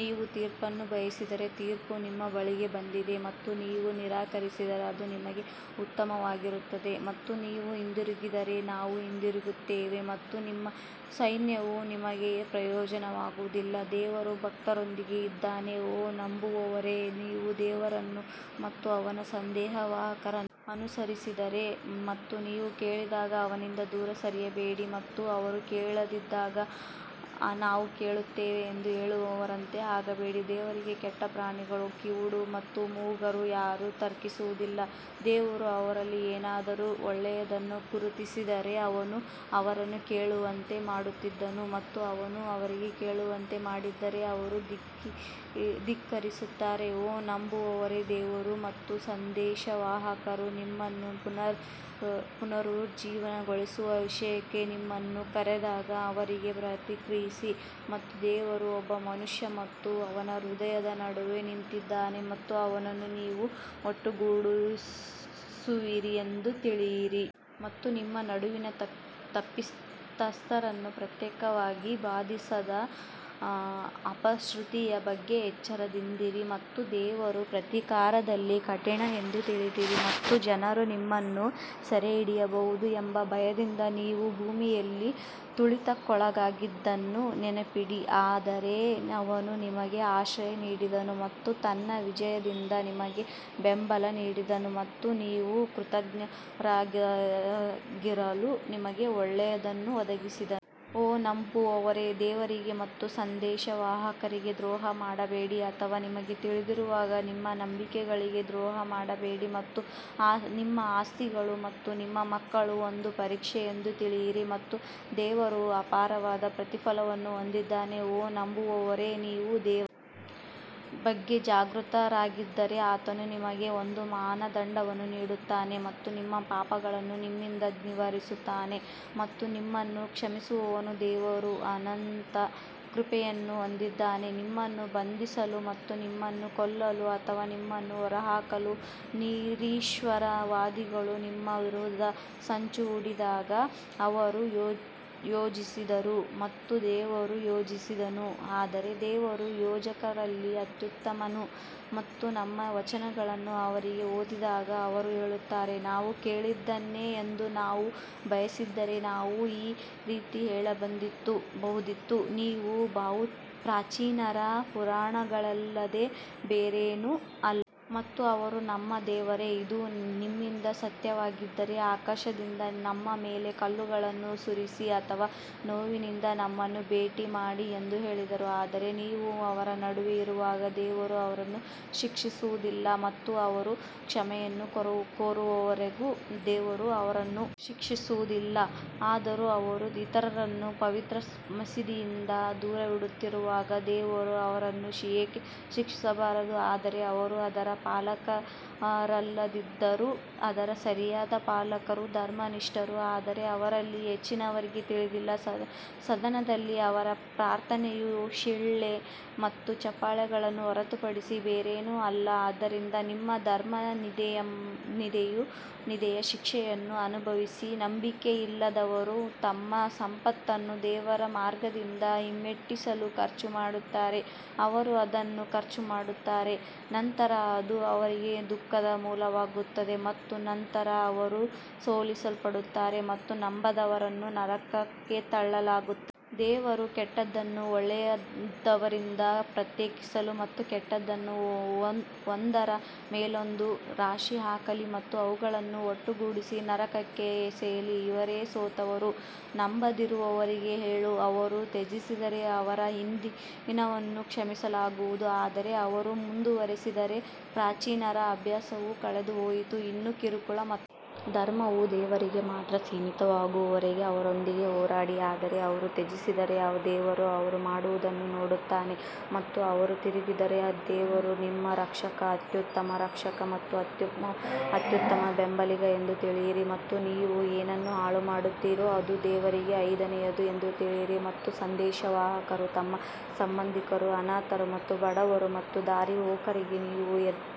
ನೀವು ತೀರ್ಪನ್ನು ಬಯಸಿದರೆ ತೀರ್ಪು ನಿಮ್ಮ ಬಳಿಗೆ ಬಂದಿದೆ ಮತ್ತು ನೀವು ನಿರಾಕರಿಸಿದರೆ ಅದು ನಿಮಗೆ ಉತ್ತಮವಾಗಿರುತ್ತದೆ ಮತ್ತು ನೀವು ಹಿಂತಿರುಗಿದರೆ ನಾವು ಹಿಂತಿರುಗುತ್ತೇವೆ ಮತ್ತು ನಿಮ್ಮ ಸೈನ್ಯವು ನಿಮಗೆ ಪ್ರಯೋಜನವಾಗುವುದಿಲ್ಲ ದೇವರು ಭಕ್ತರೊಂದಿಗೆ ಇದ್ದಾನೆ ಓ ನಂಬುವವರೇ ನೀವು ದೇವರನ್ನು ಮತ್ತು ಅವನ ಸಂದೇಶವಾಹಕರನ್ನು ಅನುಸರಿಸಿರಿ ಮತ್ತು ನೀವು ಕೇಳಿದಾಗ ಅವನಿಂದ ದೂರ ಸರಿಯಬೇಡಿ ಮತ್ತು ಅವರು ಕೇಳದಿದ್ದಾಗ ನಾವು ಕೇಳುತ್ತೇವೆ ಎಂದು ಹೇಳುವವರಂತೆ ಆಗಬೇಡಿ ದೇವರಿಗೆ ಕೆಟ್ಟ ಪ್ರಾಣಿಗಳು ಕಿವುಡ ಮತ್ತು ಮೂಗರು ಯಾರು ತರ್ಕಿಸುವುದಿಲ್ಲ ದೇವರು ಅವರಲ್ಲಿ ಏನಾದರೂ ಒಳ್ಳೆಯದನ್ನು ಗುರುತಿಸಿದ್ದರೆ ಅವನು ಅವರನ್ನು ಕೇಳುವಂತೆ ಮಾಡುತ್ತಿದ್ದನು ಮತ್ತು ಅವನು ಅವರಿಗೆ ಕೇಳುವಂತೆ ಮಾಡಿದ್ದರೆ ಅವರು ಧಿಕ್ಕರಿಸುತ್ತಾರೆ ಓ ನಂಬುವವರೇ, ದೇವರು ಮತ್ತು ಸಂದೇಶವಾಹಕರು ನಿಮ್ಮನ್ನು ಪುನರುಜ್ಜೀವನಗೊಳಿಸುವ ವಿಷಯಕ್ಕೆ ನಿಮ್ಮನ್ನು ಕರೆದಾಗ ಅವರಿಗೆ ಪ್ರತಿಕ್ರಿಯಿಸಿ ಮತ್ತು ದೇವರು ಒಬ್ಬ ಮನುಷ್ಯ ಮತ್ತು ಅವನ ಹೃದಯದ ನಡುವೆ ನಿಂತಿದ್ದಾನೆ ಮತ್ತು ಅವನನ್ನು ನೀವು ಒಟ್ಟುಗೂಡಿಸುವಿರಿ ಎಂದು ತಿಳಿಯಿರಿ. ಮತ್ತು ನಿಮ್ಮ ನಡುವಿನ ತಪ್ಪಿತಸ್ಥರನ್ನು ಪ್ರತ್ಯೇಕವಾಗಿ ಬಾಧಿಸದ ಅಪಶ್ರುತಿಯ ಬಗ್ಗೆ ಎಚ್ಚರದಿಂದಿರಿ ಮತ್ತು ದೇವರು ಪ್ರತೀಕಾರದಲ್ಲಿ ಕಠಿಣ ಎಂದು ತಿಳಿಯಿರಿ. ಮತ್ತು ಜನರು ನಿಮ್ಮನ್ನು ಸೆರೆಹಿಡಿಯಬಹುದು ಎಂಬ ಭಯದಿಂದ ನೀವು ಭೂಮಿಯಲ್ಲಿ ತುಳಿತಕ್ಕೊಳಗಾಗಿದ್ದನ್ನು ನೆನಪಿಡಿ ಆದರೆ ಅವನು ನಿಮಗೆ ಆಶ್ರಯ ನೀಡಿದನು ಮತ್ತು ತನ್ನ ವಿಜಯದಿಂದ ನಿಮಗೆ ಬೆಂಬಲ ನೀಡಿದನು ಮತ್ತು ನೀವು ಕೃತಜ್ಞರಾಗಿರಲು ನಿಮಗೆ ಒಳ್ಳೆಯದನ್ನು ಒದಗಿಸಿದನು. ಓ ನಂಬುವವರೇ, ದೇವರಿಗೆ ಮತ್ತು ಸಂದೇಶವಾಹಕರಿಗೆ ದ್ರೋಹ ಮಾಡಬೇಡಿ ಅಥವಾ ನಿಮಗೆ ತಿಳಿದಿರುವಾಗ ನಿಮ್ಮ ನಂಬಿಕೆಗಳಿಗೆ ದ್ರೋಹ ಮಾಡಬೇಡಿ ಮತ್ತು ನಿಮ್ಮ ಆಸ್ತಿಗಳು ಮತ್ತು ನಿಮ್ಮ ಮಕ್ಕಳು ಒಂದು ಪರೀಕ್ಷೆ ಎಂದು ತಿಳಿಯಿರಿ ಮತ್ತು ದೇವರು ಅಪಾರವಾದ ಪ್ರತಿಫಲವನ್ನು ಹೊಂದಿದ್ದಾನೆ ಓ ನಂಬುವವರೇ ನೀವು ದೇವರ ಬಗ್ಗೆ ಜಾಗೃತರಾಗಿದ್ದರೆ ಆತನು ನಿಮಗೆ ಒಂದು ಮಾನದಂಡವನ್ನು ನೀಡುತ್ತಾನೆ ಮತ್ತು ನಿಮ್ಮ ಪಾಪಗಳನ್ನು ನಿಮ್ಮಿಂದ ನಿವಾರಿಸುತ್ತಾನೆ ಮತ್ತು ನಿಮ್ಮನ್ನು ಕ್ಷಮಿಸುವನು ದೇವರು ಅನಂತ ಕೃಪೆಯನ್ನು ಹೊಂದಿದ್ದಾನೆ ನಿಮ್ಮನ್ನು ಬಂಧಿಸಲು ಅಥವಾ ನಿಮ್ಮನ್ನು ಕೊಲ್ಲಲು ಅಥವಾ ನಿಮ್ಮನ್ನು ಹೊರಹಾಕಲು ನಿರೀಶ್ವರವಾದಿಗಳು ನಿಮ್ಮ ವಿರುದ್ಧ ಸಂಚು ಹೂಡಿದಾಗ ಅವರು ಯೋಜಿಸಿದರು ಮತ್ತು ದೇವರು ಯೋಜಿಸಿದನು ಆದರೆ ದೇವರು ಯೋಜಕರಲ್ಲಿ ಅತ್ಯುತ್ತಮನು ಮತ್ತು ನಮ್ಮ ವಚನಗಳನ್ನು ಅವರಿಗೆ ಓದಿದಾಗ ಅವರು ಹೇಳುತ್ತಾರೆ, ನಾವು ಕೇಳಿದ್ದೇವೆ ಎಂದು ನಾವು ಬಯಸಿದ್ದರೆ ನಾವು ಈ ರೀತಿ ಹೇಳಬಹುದಿತ್ತು, ಇವು ಪ್ರಾಚೀನರ ಪುರಾಣಗಳಲ್ಲದೆ ಬೇರೇನೂ ಅಲ್ಲ. ಮತ್ತು ಅವರು ನಮ್ಮ ದೇವರೇ, ಇದು ನಿಮ್ಮಿಂದ ಸತ್ಯವಾಗಿದ್ದರೆ ಆಕಾಶದಿಂದ ನಮ್ಮ ಮೇಲೆ ಕಲ್ಲುಗಳನ್ನು ಸುರಿಸಿ ಅಥವಾ ನೋವಿನಿಂದ ನಮ್ಮನ್ನು ಭೇಟಿ ಮಾಡಿ ಎಂದು ಹೇಳಿದರು. ಆದರೆ ನೀವು ಅವರ ನಡುವೆ ಇರುವಾಗ ದೇವರು ಅವರನ್ನು ಶಿಕ್ಷಿಸುವುದಿಲ್ಲ ಮತ್ತು ಅವರು ಕ್ಷಮೆಯನ್ನು ಕೋರುವವರೆಗೂ ದೇವರು ಅವರನ್ನು ಶಿಕ್ಷಿಸುವುದಿಲ್ಲ ಆದರೂ ಅವರು ಇತರರನ್ನು ಪವಿತ್ರ ಮಸೀದಿಯಿಂದ ದೂರವಿಡುತ್ತಿರುವಾಗ ದೇವರು ಅವರನ್ನು ಏಕೆ ಶಿಕ್ಷಿಸಬಾರದು ಆದರೆ ಅವರು ಅದರ ಪಾಲಕರಲ್ಲದಿದ್ದರೂ ಅದರ ಸರಿಯಾದ ಪಾಲಕರು ಧರ್ಮನಿಷ್ಠರು ಆದರೆ ಅವರಲ್ಲಿ ಹೆಚ್ಚಿನವರಿಗೆ ತಿಳಿದಿಲ್ಲ ಸದನದಲ್ಲಿ ಅವರ ಪ್ರಾರ್ಥನೆಯು ಶಿಳ್ಳೆ ಮತ್ತು ಚಪ್ಪಾಳೆಗಳನ್ನು ಹೊರತುಪಡಿಸಿ ಬೇರೇನೂ ಅಲ್ಲ ಆದ್ದರಿಂದ ನಿಮ್ಮ ಧರ್ಮನಿಂದೆಯ ಶಿಕ್ಷೆಯನ್ನು ಅನುಭವಿಸಿ ನಂಬಿಕೆಯಿಲ್ಲದವರು ತಮ್ಮ ಸಂಪತ್ತನ್ನು ದೇವರ ಮಾರ್ಗದಿಂದ ಹಿಮ್ಮೆಟ್ಟಿಸಲು ಖರ್ಚು ಮಾಡುತ್ತಾರೆ ಅವರು ಅದನ್ನು ಖರ್ಚು ಮಾಡುತ್ತಾರೆ ನಂತರ ಅದು ಅವರಿಗೆ ದುಃಖದ ಮೂಲವಾಗುತ್ತದೆ ಮತ್ತು ನಂತರ ಅವರು ಸೋಲಿಸಲ್ಪಡುತ್ತಾರೆ ಮತ್ತು ನಂಬದವರನ್ನು ನರಕಕ್ಕೆ ತಳ್ಳಲಾಗುತ್ತದೆ. ದೇವರು ಕೆಟ್ಟದ್ದನ್ನು ಒಳ್ಳೆಯದರಿಂದ ಪ್ರತ್ಯೇಕಿಸಲಿ ಮತ್ತು ಕೆಟ್ಟದ್ದನ್ನು ಒಂದರ ಮೇಲೊಂದು ರಾಶಿ ಹಾಕಲಿ ಮತ್ತು ಅವುಗಳನ್ನು ಒಟ್ಟುಗೂಡಿಸಿ ನರಕಕ್ಕೆ ಎಸೆಯಲಿ ಇವರೇ ಸೋತವರು ನಂಬದಿರುವವರಿಗೆ ಹೇಳು ಅವರು ತ್ಯಜಿಸಿದರೆ ಅವರ ಹಿಂದಿನದನ್ನು ಕ್ಷಮಿಸಲಾಗುವುದು ಆದರೆ ಅವರು ಮುಂದುವರಿದರೆ ಪ್ರಾಚೀನರ ಅಭ್ಯಾಸವು ಕಳೆದುಹೋಯಿತು ಇನ್ನು ಕಿರುಕುಳ ಮತ್ತು ಧರ್ಮವು ದೇವರಿಗೆ ಮಾತ್ರ ಸೀಮಿತವಾಗುವವರೆಗೆ ಅವರೊಂದಿಗೆ ಹೋರಾಡಿ ಆದರೆ ಅವರು ತ್ಯಜಿಸಿದರೆ ದೇವರು ಅವರು ಮಾಡುವುದನ್ನು ನೋಡುತ್ತಾನೆ ಮತ್ತು ಅವರು ತಿರುಗಿದರೆ ದೇವರು ನಿಮ್ಮ ರಕ್ಷಕ ಅತ್ಯುತ್ತಮ ರಕ್ಷಕ ಮತ್ತು ಅತ್ಯುತ್ತಮ ಬೆಂಬಲಿಗ ಎಂದು ತಿಳಿಯಿರಿ ಮತ್ತು ನೀವು ಏನನ್ನು ಹಾಳುಮಾಡುತ್ತೀರೋ ಅದು ದೇವರಿಗೆ ಐದನೆಯದು ಎಂದು ತಿಳಿಯಿರಿ ಮತ್ತು ಸಂದೇಶವಾಹಕರು ಮತ್ತು ಸಂಬಂಧಿಕರು, ಅನಾಥರು ಮತ್ತು ಬಡವರು ಮತ್ತು ದಾರಿಹೋಕರಿಗೆ ನೀವು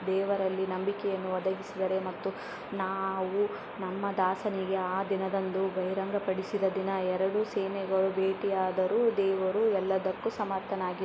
ದೇವರಲ್ಲಿ ನಂಬಿಕೆಯನ್ನು ಒದಗಿಸಿದರೆ ಮತ್ತು ನಾವು ನಮ್ಮ ದಾಸನಿಗೆ ಆ ದಿನದಂದು ಬಹಿರಂಗಪಡಿಸಿದ ದಿನ ಎರಡು ಸೇನೆಗಳು ಭೇಟಿಯಾದರು ದೇವರು ಎಲ್ಲದಕ್ಕೂ ಸಮರ್ಥನಾಗಿದ್ದಾನೆ.